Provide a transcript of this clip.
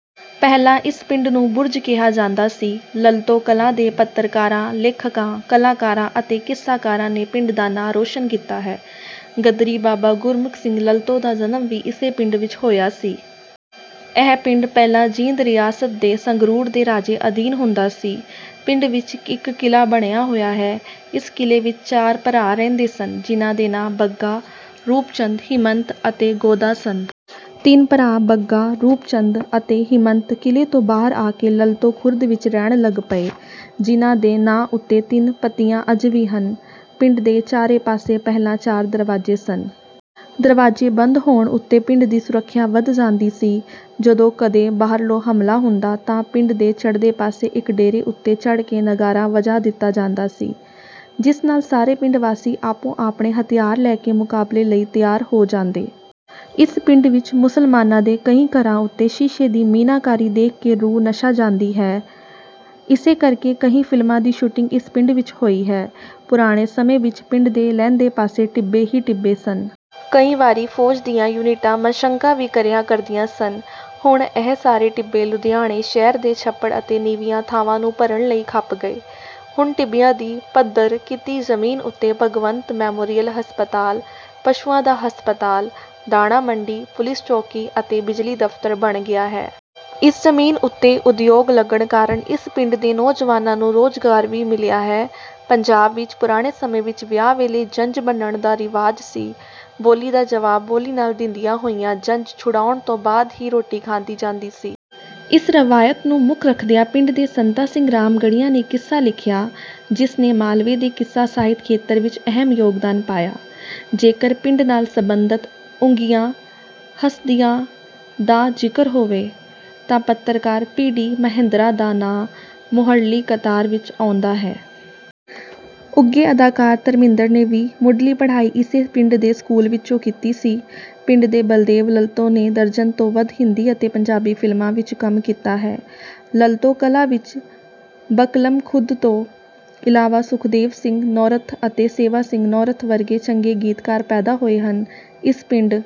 ਪਹਿਲਾਂ ਇਸ ਪਿੰਡ ਨੂੰ ਬੁਰਜ ਕਿਹਾ ਜਾਂਦਾ ਸੀ। ਲਲਤੋਂ ਕਲਾਂ ਦੇ ਪੱਤਰਕਾਰਾਂ, ਲੇਖਕਾਂ, ਕਲਾਕਾਰਾਂ ਅਤੇ ਕਿੱਸਾਕਾਰਾਂ ਨੇ ਪਿੰਡ ਦਾ ਨਾਂ ਰੌਸ਼ਨ ਕੀਤਾ ਹੈ। ਗ਼ਦਰੀ ਬਾਬਾ ਗੁਰਮੁਖ ਸਿੰਘ ਲਲਤੋਂ ਦਾ ਜਨਮ ਵੀ ਇਸੇ ਪਿੰਡ ਵਿੱਚ ਹੋਇਆ ਸੀ। ਇਹ ਪਿੰਡ ਪਹਿਲਾਂ ਜੀਂਦ ਰਿਆਸਤ ਦੇ ਸੰਗਰੂਰ ਦੇ ਰਾਜੇ ਅਧੀਨ ਹੁੰਦਾ ਸੀ। ਪਿੰਡ ਵਿੱਚ ਇੱਕ ਕਿਲ੍ਹਾ ਬਣਿਆ ਹੋਇਆ ਹੈ। ਇਸ ਕਿਲ੍ਹੇ ਵਿੱਚ ਚਾਰ ਭਰਾ ਰਹਿੰਦੇ ਸਨ ਜਿਨ੍ਹਾਂ ਦੇ ਨਾਂ ਬੱਗਾ, ਰੂਪ ਚੰਦ, ਹਿੰਮਤ ਅਤੇ ਗੋਦਾਂ ਸਨ। ਤਿੰਨ ਭਰਾ ਬੱਗਾ, ਰੂਪ ਚੰਦ ਅਤੇ ਹਿੰਮਤ ਕਿਲ੍ਹੇ ਤੋਂ ਬਾਹਰ ਆ ਕੇ ਲਲਤੋਂ ਖੁਰਦ ਵਿੱਚ ਰਹਿਣ ਲੱਗ ਪਏ। ਜਿਨ੍ਹਾਂ ਦੇ ਨਾਂ ਉੱਤੇ ਤਿੰਨ ਪੱਤੀਆਂ ਅੱਜ ਵੀ ਹਨ। ਪਿੰਡ ਦੇ ਚਾਰੇ ਪਾਸੇ ਪਹਿਲਾਂ ਚਾਰ ਦਰਵਾਜ਼ੇ ਸਨ। ਦਰਵਾਜ਼ੇ ਬੰਦ ਹੋਣ ਉੱਤੇ ਪਿੰਡ ਦੀ ਸੁਰੱਖਿਆ ਵੱਧ ਜਾਂਦੀ ਸੀ। ਜਦੋਂ ਕਦੇ ਬਾਹਰੋਂ ਹਮਲਾ ਹੁੰਦਾ, ਤਾਂ ਪਿੰਡ ਦੇ ਚੜ੍ਹਦੇ ਪਾਸੇ ਇੱਕ ਡੇਰੇ ਉੱਤੇ ਚੜ੍ਹ ਕੇ ਨਗਾਰਾ ਵਜਾ ਦਿੱਤਾ ਜਾਂਦਾ ਸੀ। ਜਿਸ ਨਾਲ ਸਾਰੇ ਪਿੰਡ ਵਾਸੀ ਆਪੋ-ਆਪਣੇ ਹਥਿਆਰ ਲੈ ਕੇ ਮੁਕਾਬਲੇ ਲਈ ਤਿਆਰ ਹੋ ਜਾਂਦੇ। ਇਸ ਪਿੰਡ ਵਿੱਚ ਮੁਸਲਮਾਨਾਂ ਦੇ ਕਈ ਘਰਾਂ ਉੱਤੇ ਸ਼ੀਸ਼ੇ ਦੀ ਮੀਨਾਕਾਰੀ ਦੇਖ ਕੇ ਰੂਹ ਨਸ਼ਾ ਜਾਂਦੀ ਹੈ। ਇਸੇ ਕਰਕੇ ਕਈ ਫ਼ਿਲਮਾਂ ਦੀ ਸ਼ੂਟਿੰਗ ਇਸ ਪਿੰਡ ਵਿੱਚ ਹੋਈ ਹੈ। ਪੁਰਾਣੇ ਸਮੇਂ ਵਿੱਚ ਪਿੰਡ ਦੇ ਲਹਿੰਦੇ ਪਾਸੇ ਟਿੱਬੇ ਹੀ ਟਿੱਬੇ ਸਨ। ਕਈ ਵਾਰੀ ਫ਼ੌਜ ਦੀਆਂ ਯੂਨਿਟਾਂ ਮਸ਼ਕਾਂ ਵੀ ਕਰਿਆ ਕਰਦੀਆਂ ਸਨ। ਹੁਣ ਇਹ ਸਾਰੇ ਟਿੱਬੇ ਲੁਧਿਆਣੇ ਸ਼ਹਿਰ ਦੇ ਛੱਪੜ ਅਤੇ ਨੀਵੀਆਂ ਥਾਵਾਂ ਨੂੰ ਭਰਨ ਲਈ ਖਪ ਗਏ। ਹੁਣ ਟਿੱਬਿਆਂ ਦੀ ਪੱਧਰ ਕੀਤੀ ਜ਼ਮੀਨ ਉੱਤੇ ਭਗਵੰਤ ਮੈਮੋਰੀਅਲ ਹਸਪਤਾਲ, ਪਸ਼ੂਆਂ ਦਾ ਹਸਪਤਾਲ, ਦਾਣਾ ਮੰਡੀ, ਪੁਲੀਸ ਚੌਕੀ ਅਤੇ ਬਿਜਲੀ ਦਫ਼ਤਰ ਬਣ ਗਿਆ ਹੈ। ਇਸ ਜ਼ਮੀਨ ਉੱਤੇ ਉਦਯੋਗ ਲੱਗਣ ਕਾਰਨ ਇਸ ਪਿੰਡ ਦੇ ਨੌਜਵਾਨਾਂ ਨੂੰ ਰੁਜ਼ਗਾਰ ਵੀ ਮਿਲਿਆ ਹੈ। ਪੰਜਾਬ ਵਿੱਚ ਪੁਰਾਣੇ ਸਮੇਂ ਵਿੱਚ ਵਿਆਹ ਵੇਲੇ ਜੰਝ ਬੰਨ੍ਹਣ ਦਾ ਰਿਵਾਜ ਸੀ। ਬੋਲੀ ਦਾ ਜਵਾਬ ਬੋਲੀ ਨਾਲ ਦਿੰਦਿਆਂ ਹੋਇਆਂ ਜੰਝ ਛੁਡਾਉਣ ਤੋਂ ਬਾਅਦ ਹੀ ਰੋਟੀ ਖਾਧੀ ਜਾਂਦੀ ਸੀ। ਇਸ ਰਵਾਇਤ ਨੂੰ ਮੁੱਖ ਰੱਖਦਿਆਂ ਪਿੰਡ ਦੇ ਸੰਤਾ ਸਿੰਘ ਰਾਮਗੜ੍ਹੀਆ ਨੇ ਕਿੱਸਾ ਲਿਖਿਆ, ਜਿਸ ਨੇ ਮਾਲਵੇ ਦੇ ਕਿੱਸਾ ਸਾਹਿਤ ਖੇਤਰ ਵਿੱਚ ਅਹਿਮ ਯੋਗਦਾਨ ਪਾਇਆ। ਜੇਕਰ ਪਿੰਡ ਨਾਲ ਸਬੰਧਤ ਉੱਘੀਆਂ ਹਸਤੀਆਂ ਦਾ ਜ਼ਿਕਰ ਹੋਵੇ, ਤਾਂ ਪੱਤਰਕਾਰ ਪੀ ਡੀ ਮਹਿੰਦਰਾ ਦਾ ਨਾਮ ਮੂਹਰਲੀ ਕਤਾਰ ਵਿੱਚ ਆਉਂਦਾ ਹੈ। ਉੱਘੇ ਅਦਾਕਾਰ ਧਰਮਿੰਦਰ ਨੇ ਵੀ ਮੁਢਲੀ ਪੜ੍ਹਾਈ ਇਸੇ ਪਿੰਡ ਦੇ ਸਕੂਲ ਵਿੱਚੋਂ ਕੀਤੀ ਸੀ। ਪਿੰਡ ਦੇ ਬਲਦੇਵ ਲਲਤੋਂ ਨੇ ਦਰਜਨ ਤੋਂ ਵੱਧ ਹਿੰਦੀ ਅਤੇ ਪੰਜਾਬੀ ਫ਼ਿਲਮਾਂ ਵਿੱਚ ਕੰਮ ਕੀਤਾ ਹੈ। ਲਲਤੋਂ ਕਲਾਂ ਵਿੱਚ ਬਕਲਮਖੁਦ ਤੋਂ ਇਲਾਵਾ ਸੁਖਦੇਵ ਸਿੰਘ ਨੌਰਥ ਅਤੇ ਸੇਵਾ ਸਿੰਘ ਨੌਰਥ ਵਰਗੇ ਚੰਗੇ ਗੀਤਕਾਰ ਪੈਦਾ ਹੋਏ ਹਨ। ਇਸ ਪਿੰਡ